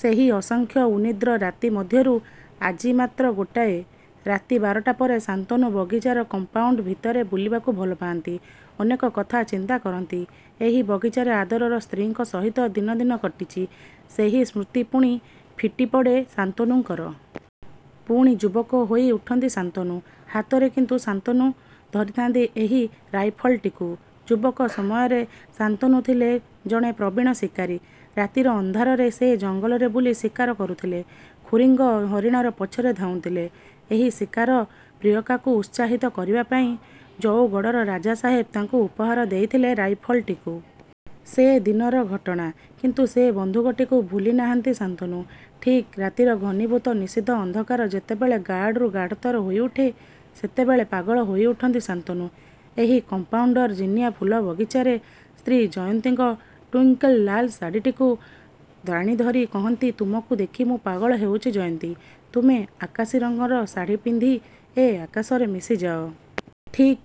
ସେହି ଅସଂଖ୍ୟ ଉନିଦ୍ର ରାତି ମଧ୍ୟରୁ ଆଜି ମାତ୍ର ଗୋଟିଏ। ରାତି ବାରଟା ପରେ ଶାନ୍ତନୁ ବଗିଚାର କମ୍ପାଉଣ୍ତ ଭିତରେ ବୁଲିବାକୁ ଭଲ ପାଆନ୍ତି। ଅନେକ କଥା ଚିନ୍ତା କରନ୍ତି। ଏଇ ବଗିଚାରେ ଆଦରର ସ୍ତ୍ରୀଙ୍କ ସହିତ ଦିନ ଦିନ କଟିଛି। ସେଇ ସ୍ମୃତି ପୁଣି ଫିଟିପଡ଼େ ଶାନ୍ତନୁଙ୍କର। ପୁଣି ଯୁବକ ହୋଇ ଉଠନ୍ତି ଶାନ୍ତନୁ। ହାତରେ କିନ୍ତୁ ଶାନ୍ତନୁ ଧରିଥାନ୍ତି ଏଇ ରାଇଫଲଟିକୁ। ଯୁବକ ସମୟରେ ଶାନ୍ତନୁ ଥିଲେ ଜଣେ ପ୍ରବୀଣ ଶିକାରୀ। ରାତିର ଅନ୍ଧକାରରେ ସେ ଜଙ୍ଗଲରେ ବୁଲି ଶିକାର କରୁଥିଲେ। ଖୁରିଙ୍ଗ ହରିଣଙ୍କ ପଛରେ ଧାଉଁଥିଲେ। ଏଇ ଶିକାର ପ୍ରିୟକାକୁ ଉତ୍ସାହିତ କରିବା ପାଇଁ ଜଉଗଡ଼ର ରାଜା ସାହେବ ତାଙ୍କୁ ଉପହାର ଦେଇଥିଲେ ରାଇଫଲଟିକୁ। ସେ ଅନେକ ଦିନର ଘଟଣା। କିନ୍ତୁ ସେ ବନ୍ଧୁକଟିକୁ ଭୁଲି ନାହାଁନ୍ତି ଶାନ୍ତନୁ। ଠିକ୍ ରାତିର ଘନୀଭୂତ ନିଷିଦ୍ଧ ଅନ୍ଧକାର ଯେବେଳେବେ ଗାଢ଼ରୁ ଗାଢ଼ତର ହୋଇଉଠେ ସେତେବେଳେ ପାଗଳ ହୋଇ ଉଠନ୍ତି ଶାନ୍ତନୁ। ଏଇ କମ୍ପାଉଣ୍ତର ଜିନିଆଁ ଫୁଲ ବଗିଚାରେ ସ୍ତ୍ରୀ ଜୟନ୍ତୀଙ୍କ ଟ୍ୱିଙ୍କଲ୍ଶାଢ଼ିଟାକୁ ଟାଣିଧରି କହନ୍ତି ତୁମକୁ ଦେଖି ମୁଁ ପାଗଳ ହେଉଛି ଜୟନ୍ତୀ ତୁମେ ଆକାଶୀ ରଙ୍ଗର ଶାଢ଼ି ପିନ୍ଧି ଏ ଆକାଶରେ ମିଶିଯାଅ। ଠିକ୍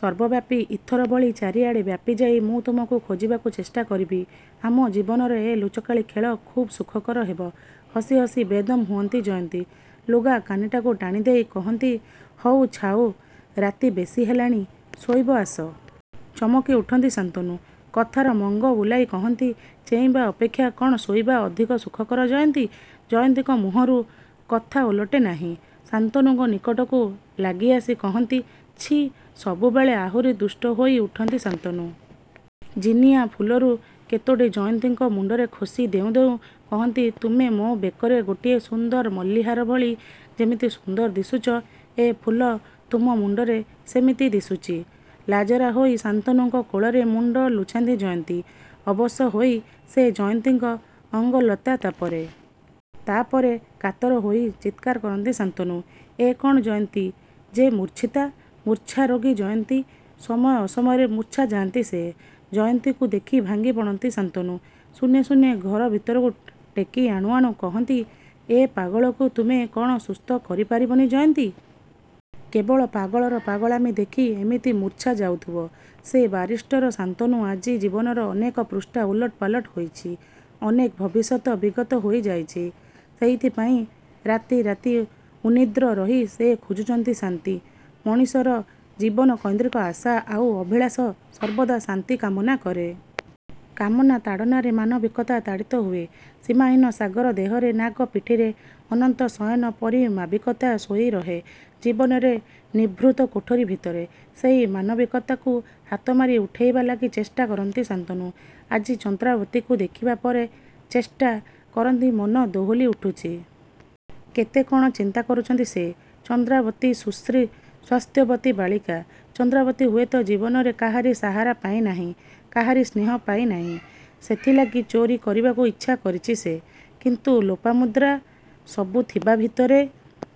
ସର୍ବବ୍ୟାପୀ ଇଥର ଭଳି ଚାଳିଆଡ଼େ ବ୍ୟାପୀଯାଇ ମୁଁ ତୁମକୁ ଖୋଜିବାକୁ ଚେଷ୍ଟା କରିବି। ଆମ ଜୀବନର ଏ ଲୁଚକାଳି ଖେଳ ଖୁବ୍ ସୁଖକର ହେବ। ହସି ହସି ବେଦମ୍ ହୁଅନ୍ତି ଜୟନ୍ତୀ ଲୁଗା କାନିଟାକୁ ଟାଣିଦେଇ କହନ୍ତି ''ହଉ ଛାଉ ରାତି ବେଶୀ ହେଲାଣି ଶୋଇବ ଆସ। '' ଚମକି ଉଠନ୍ତି ଶାନ୍ତନୁ କଥାର ମଙ୍ଗ ବୁଲାଇ କହନ୍ତି ''ଚେଇଁବା ଅପେକ୍ଷା କ'ଣ ଶୋଇବା ଅଧିକ ସୁଖକର ଜୟନ୍ତୀ? '' ଜୟନ୍ତୀଙ୍କ ମୁହଁରୁ କଥା ଓଲଟେ ନାହିଁ। ଶାନ୍ତନୁଙ୍କ ନିକଟକୁ ଲାଗିଆସି କହନ୍ତି ''ଛି ସବୁ ବେଳେ '' ଆହୁରି ଦୁଷ୍ଟ ହୋଇ ଉଠନ୍ତି ଶାନ୍ତନୁ। ଜିନିଆଁ ଫୁଲରୁ କେତୋଟି ଜୟନ୍ତୀଙ୍କ ମୁଣ୍ତରେ ଖୋସି ଦେଉଁ ଦେଉଁ କହନ୍ତି ତୁମେ ମୋ ବେକରେ ଗୋଟିଏ ସୁନ୍ଦର ମଲ୍ଲିହାର ଭଳି ଯେମିତି ସୁନ୍ଦର ଦିଶୁଛ ଏ ଫୁଲ ତୁମ ମୁଣ୍ତରେ ସେମିତି ଦିଶୁଛି। ଲାଜରା ହୋଇ ଶାନ୍ତନୁଙ୍କ କୋଳରେ ମୁଣ୍ତ ଲୁଚାନ୍ତି ଜୟନ୍ତୀ। ଅବଶ ହୋଇ ଆସେ ଜୟନ୍ତୀଙ୍କ ଅଙ୍ଗଲତା ତା'ପରେ. ତା'ପରେ କାତର ହୋଇ ଚିତ୍କାର କରନ୍ତି ଶାନ୍ତନୁ। ଏ କ'ଣ ଜୟନ୍ତୀ ଯେ ମୂର୍ଚ୍ଛିତା! ମୂର୍ଚ୍ଛା ରୋଗୀ ଜୟନ୍ତୀ। ସମୟ ଅସମୟରେ ମୂର୍ଚ୍ଛା ଯାଆନ୍ତି ସେ। ଜୟନ୍ତୀଙ୍କୁ ଦେଖି ଭାଙ୍ଗି ପଡ଼ନ୍ତି ଶାନ୍ତନୁ। ଶୂନ୍ୟେ ଶୂନ୍ୟେ ଘର ଭିତରକୁ ଟେକି ଆଣୁ ଆଣୁ କହନ୍ତି ଏ ପାଗଳକୁ ତୁମେ କ'ଣ ସୁସ୍ଥ କରି ପାରିବନି ଜୟନ୍ତୀ? କେବଳ ପାଗଳର ପାଗଳାମୀ ଦେଖି ଏମିତି ମୂର୍ଚ୍ଛା ଯାଉଥିବ? ସେହି ବାରିଷ୍ଟର ଶାନ୍ତନୁ ଆଜି ଜୀବନର ଅନେକ ପୃଷ୍ଠା ଓଲଟ ପାଲଟ ହୋଇଛି। ଅନେକ ଭବିଷ୍ୟତ ବିଗତ ହୋଇଯାଇଛି। ସେଇଥିପାଇଁ ରାତି ରାତି ଉନିଦ୍ର ରହି ସେ ଖୋଜୁଛନ୍ତି ଶାନ୍ତି। ମଣିଷର ଜୀବନ କୈନ୍ଦ୍ରିକ ଆଶା ଆଉ ଅଭିଳାଷ ସର୍ବଦା ଶାନ୍ତି କାମନା କରେ। କାମନା ତାଡ଼ନାରେ ମାନବିକତା ତାଡ଼ିତ ହୁଏ। ସୀମାହୀନ ସାଗର ଦେହରେ ନାଗ ପିଠିରେ ଅନନ୍ତ ଶୟନ ପରିମାବିକତା ଶୋଇରହେ ଜୀବନରେ ନିଭୃତ କୋଠରୀ ଭିତରେ। ସେହି ମାନବିକତାକୁ ହାତମାରି ଉଠାଇବା ଲାଗି ଚେଷ୍ଟା କରନ୍ତି ଶାନ୍ତନୁ। ଆଜି ଚନ୍ଦ୍ରାବତୀକୁ ଦେଖିବା ପରେ ଚେଷ୍ଟା। କରନ୍ତି ମନ ଦୋହଲି ଉଠିଛି। କେତେ କ'ଣ ଚିନ୍ତା କରୁଛନ୍ତି ସେ। ଚନ୍ଦ୍ରାବତୀ ସୁଶ୍ରୀ ସ୍ୱାସ୍ଥ୍ୟବତୀ ବାଳିକା ଚନ୍ଦ୍ରାବତୀ ହୁଏତ ଜୀବନରେ କାହାରି ସାହାରା ପାଇ ନାହିଁ କାହାରି ସ୍ନେହ ପାଇ ନାହିଁ ସେଥିଲାଗି ଚୋରୀ କରିବାକୁ ଇଚ୍ଛା କରିଛି ସେ କିନ୍ତୁ ଲୋପାମୁଦ୍ରା। ସବୁ ଥିବା ଭିତରେ